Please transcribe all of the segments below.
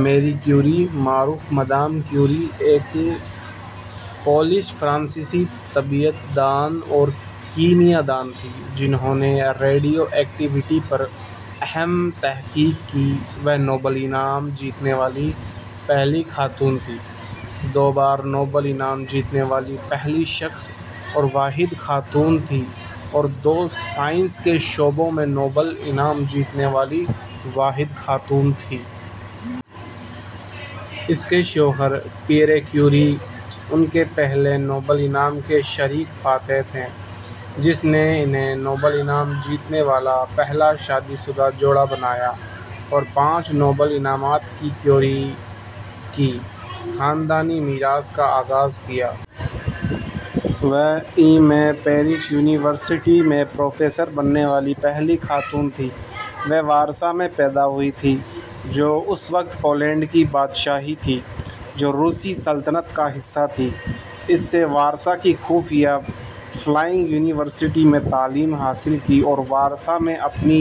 میری کیوری المعروف Madame Curie ایک پولش-فرانسیسی طبیعیات دان اور کیمیا دان تھیں جنھوں نے ریڈیو ایکٹیویٹی پر اہم تحقیق کی۔ وہ نوبل انعام جیتنے والی پہلی خاتون تھیں، دو بار نوبل انعام جیتنے والی پہلی شخص اور واحد خاتون تھیں اور دو سائنسی شعبوں میں نوبل انعام جیتنے والی واحد خاتون تھیں۔ اس کے شوہر، پیئر کیوری، ان کے پہلے نوبل انعام کے شریک فاتح تھے، جس نے انھیں نوبل انعام جیتنے والا پہلا شادی شدہ جوڑا بنایا اور پانچ نوبل انعامات کی کیوری کی خاندانی میراث کا آغاز کیا۔ وہ ء میں پیرس یونیورسٹی میں پروفیسر بننے والی پہلی خاتون تھیں۔ وہ وارسا میں پیدا ہوئی تھی، جو اس وقت پولینڈ کی بادشاہی تھی، جو روسی سلطنت کا حصہ تھی۔ اس نے وارسا کی خفیہ فلائنگ یونیورسٹی میں تعلیم حاصل کی اور وارسا میں اپنی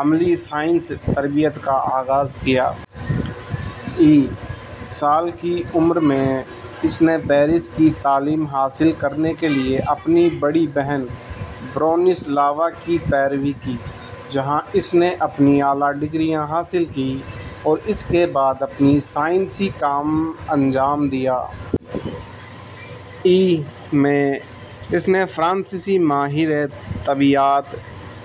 عملی سائنسی تربیت کا آغاز کیا۔ ء میں، سال کی عمر میں، اس نے پیرس میں تعلیم حاصل کرنے کے لیے اپنی بڑی بہن برونیسلاوا کی پیروی کی، جہاں اس نے اپنی اعلیٰ ڈگریاں حاصل کیں اور اس کے بعد اپنا سائنسی کام انجام دیا۔ ء میں اس نے فرانسیسی ماہر طبیعیات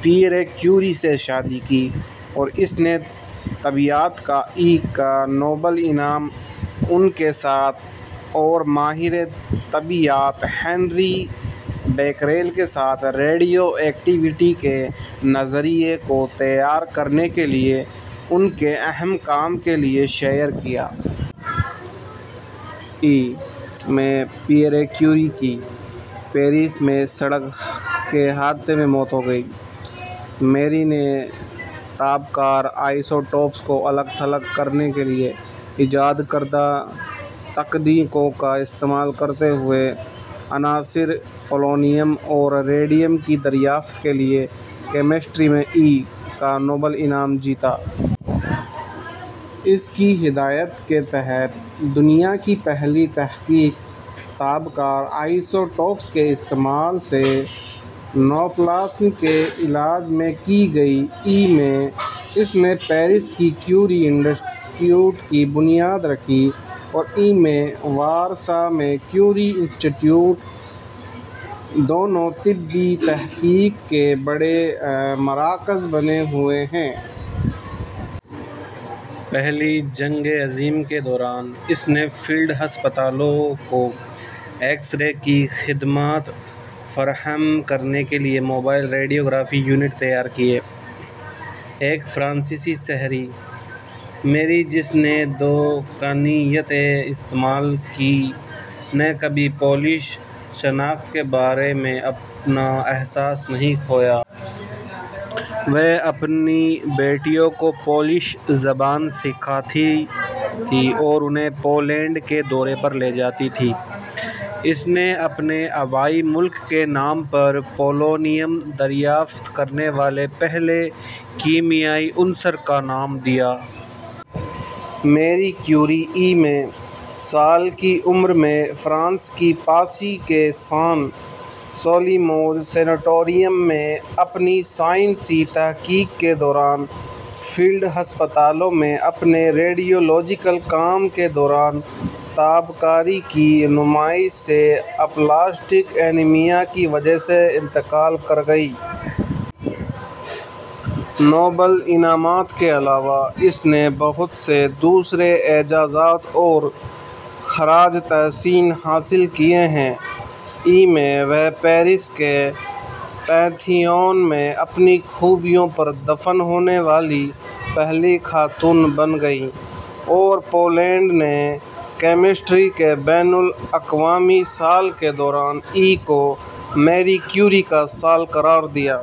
پیئر کیوری سے شادی کی اور اس نے طبیعیات کا ء کا نوبل انعام ان کے ساتھ اور ماہر طبیعیات ہنری بیکریل کے ساتھ "ریڈیو ایکٹیویٹی" کے نظریہ کو تیار کرنے کے لیے ان کے اہم کام کے لیے شیئر کیا۔ ء میں پیر کیوری کی پیرس میں سڑک کے حادثے میں موت ہو گئی۔ میری نے تابکار آسوٹوپس کو الگ تھلگ کرنے کے لیے ایجاد کردہ تکنیکوں کا استعمال کرتے ہوئے عناصر پولونیم اور ریڈیم کی دریافت کے لیے کیمسٹری میں ء کا نوبل انعام جیتا۔ اس کی ہدایت کے تحت، دنیا کی پہلی تحقیق تابکار آسوٹوپس کے استعمال سے نوپلاسم کے علاج میں کی گئی۔ ء میں اس نے پیرس میں کیوری انسٹی ٹیوٹ کی بنیاد رکھی اور ء میں وارسا میں کیوری انسٹی ٹیوٹ؛ دونوں طبی تحقیق کے بڑے مراکز بنے ہوئے ہیں۔ پہلی جنگ عظیم کے دوران اس نے فیلڈ ہسپتالوں کو ایکس رے کی خدمات فراہم کرنے کے لیے موبائل ریڈیوگرافی یونٹ تیار کیے۔ ایک فرانسیسی شہری، میری جس نے دونوں کنیتیں استعمال کیں، نے کبھی پولش شناخت کے بارے میں اپنا احساس نہیں کھویا۔ وہ اپنی بیٹیوں کو پولش زبان سکھاتی تھی اور انھیں پولینڈ کے دورے پر لے جاتی تھی۔ اس نے اپنے آبائی ملک کے نام پر پولونیم دریافت کرنے والے پہلے کیمیائی عنصر کا نام دیا۔ میری کیوری ء میں، سال کی عمر میں، فرانس کے پاسسی کے سان سیلیموز سینیٹوریم میں، اپنی سائنسی تحقیق کے دوران فیلڈ ہسپتالوں میں اپنے ریڈیولاجیکل کام کے دوران تابکاری کی نمائش سے اپلاسٹک انیمیا کی وجہ سے انتقال کر گئیں۔ نوبل انعامات کے علاوہ، اس نے بہت سے دوسرے اعزازات اور خراج تحسین حاصل کیے ہیں۔ ء میں وہ پیرس کے پینتھیون میں اپنی خوبیوں پر دفن ہونے والی پہلی خاتون بن گئیں اور پولینڈ نے کیمسٹری کے بین الاقوامی سال کے دوران ء کو میری کیوری کا سال قرار دیا۔